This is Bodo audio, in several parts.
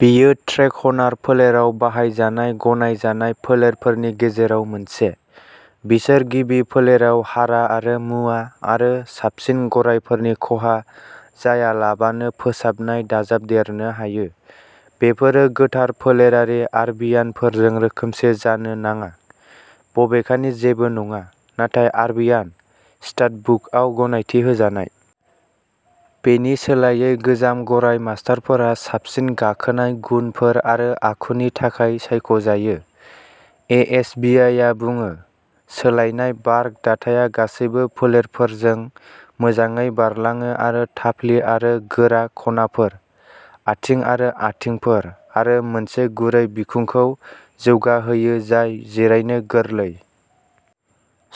बेयो ट्रेकहनार फोलेराव बाहायजानाय गनायजानाय फोलेरफोरनि गेजेराव मोनसे। बिसोर गिबि फोलेराव हारा आरो मुवा आरो साबसिन गरायफोरनि खहा जायालाबानो फोसाबनाय दाजाबदेरनो हायो। बेफोरो गोथार फोलेरारि आरबियानफोरजों रोखोमसे जानो नाङा, बबेखानि जेबो नङा, नाथाय आरबियान, स्टाडबुकआव गनायथि होजानाय। बेनि सोलायै गोजाम गराय मास्टारफोरा साबसिन गाखोनाय गुनफोर आरो आखुनि थाखाय सायख'जायो, एएसएभिआ बुङो। सोलायनाय बारक दाथाया गासैबो फोलेरफोरजों मोजाङै बारलाङो आरो थाफ्लि आरो गोरा खनाफोर, आथिं आरो आथिंफोर आरो मोनसे गुरै बिखुंखौ जौगाहोयो जाय जिरायनो गोरलै।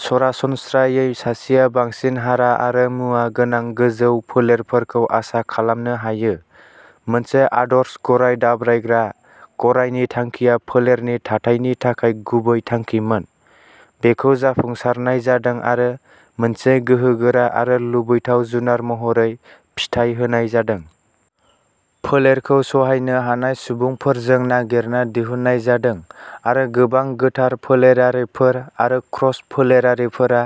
सरासनस्रायै सासेया बांसिन हारा आरो मुवा गोनां गोजौ फोलेरफोरखौ आसा खालामनो हायो। मोनसे आदर्श गराय दाब्रायग्रा गरायनि थांखिया फोलेरनि थाथायनि थाखाय गुबै थांखिमोन। बेखौ जाफुंसारनाय जादों आरो मोनसे गोहोगोरा आरो लुबैथाव जुनार महरै फिथाय होनाय जादों। फोलेरखौ सहायनो हानाय सुबुंफोरजों नागिरना दिहुननाय जादों आरो गोबां गोथार फोलेरारिफोर आरो क्रस फोलेरारिफोरा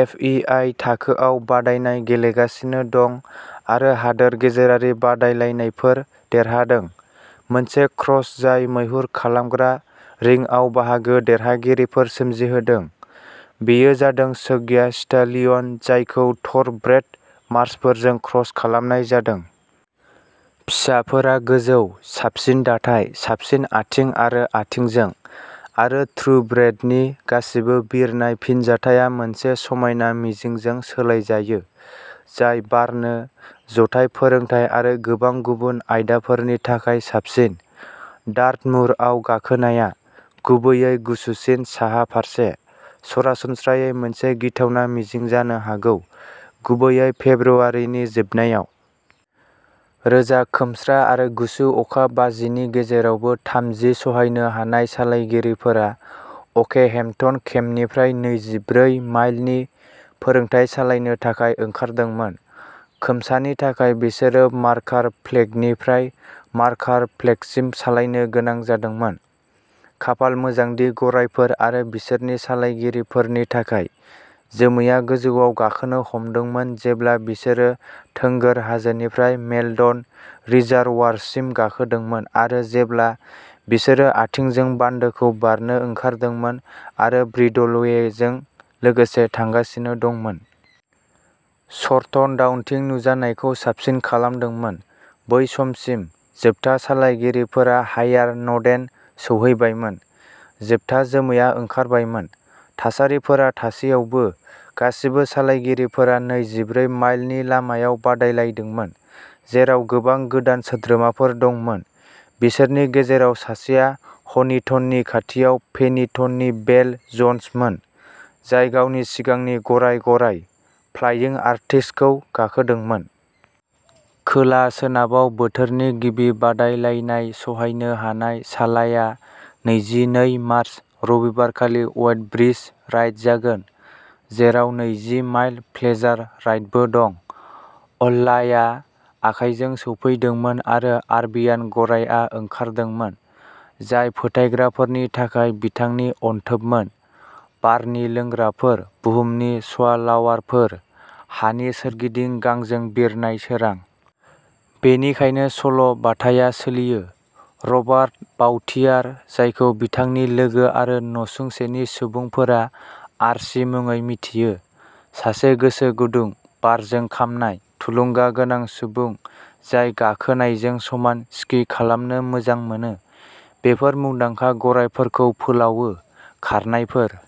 एफईआई थाखोआव बादायनाय गेलेगासिनो दं आरो हादोर गेजेरारि बादायलायनायफोर देरहादों। मोनसे क्रस जाय मैहुर खालामग्रा रिंआव बाहागो देरहागिरिफोर सोमजिहोदों, बेयो जादों शग्या स्टालियन, जायखौ थ'रब्रेड मार्सफोरजों क्रस खालामनाय जादों। फिसाफोरा गोजौ, साबसिन दाथाय, साबसिन आथिं आरो आथिंजों, आरो थ्रुब्रेडनि गासिबो बिरनाय फिनजाथाया मोनसे समायना मिजिंजों सोलायजायो, जाय बारनो, जथाय फोरोंथाय आरो गोबां गुबुन आयदाफोरनि थाखाय साबसिन। डार्टमुरआव गाखोनाया, गुबैयै गुसुसिन साहा फारसे, सरासनस्रायै मोनसे गिथावना मिजिं जानो हागौ, गुबैयै फेब्रुआरिनि जोबनायाव। रोजा खोमस्रा आरो गुसु अखा बाजिनि गेजेरावबो थामजि सहायनो हानाय सालायगिरिफोरा अकेहेम्पटन केम्पनिफ्राय नैजि ब्रै माइलनि फोरोंथाय सालायनो थाखाय ओंखारदोंमोन। खोमसानि थाखाय बिसोरो मार्कार फ्लेगनिफ्राय मार्कार फ्लेगसिम सालायनो गोनां जादोंमोन। खाफाल मोजां दि गरायफोर आरो बिसोरनि सालायगिरिफोरनि थाखाय, जोमैआ गोजौआव गाखोनो हमदोंमोन जेब्ला बिसोरो थोंगोर हाजोनिफ्राय मेलडन रिजार्वयारसिम गाखोदोंमोन आरो जेब्ला बिसोरो आथिंजों बान्दोखौ बारनो ओंखारदोंमोन आरो ब्रिडलवेजों लोगोसे थांगासिनो दंमोन। सरटन डाउनथिं नुजानायखौ साबसिन खालामदोंमोन। बै समसिम, जोबथा सालायगिरिफोरा हाइयार नडेन सौहैबायमोन, जोबथा जोमैआ ओंखारबायमोन। थासारिफोर थासेयावबो, गासिबो सालायगिरिफोरा नैजि ब्रै माइलनि लामायाव बादायलायदोंमोन, जेराव गोबां गोदान सोद्रोमाफोर दंमोन। बिसोरनि गेजेराव सासेआ हनिटननि खाथियाव फेनिटननि भेल जन्समोन, जाय गावनि सिगांनि गराय गराय, फ्लाइं आर्टिस्टखौ गाखोदोंमोन। खोला सोनाबाव बोथोरनि गिबि बादायलायनाय सहायनो हानाय सालाया नैजि नै मार्च, रबिबार खालि वेडब्रिज राइड जागोन, जेराव नैजि माइल प्लेजार राइडबो दं। अल्लाहआ आखायजों सौफैदोंमोन आरो आरबियान गरायआ ओंखारदोंमोन, जाय फोथायग्राफोरनि थाखाय बिथांनि अनथोबमोन, बारनि लोंग्राफोर, बुहुमनि स्वालावारफोर, हानि सोरगिदिं गांजों बिरनाय सोरां। बेनिखायनो सल' बाथाआ सोलियो। रबार्ट बाउटियार, जायखौ बिथांनि लोगो आरो नसुंसेनि सुबुंफोरा आर्ची मुङै मिथियो, सासे गोसो गुदुं, बारजों खामनाय, थुलुंगागोनां सुबुं जाय गाखोनायजों समान स्की खालामनो मोजां मोनो, बेफोर मुंदांखा गरायफोरखौ फोलावो, खारनायफोर।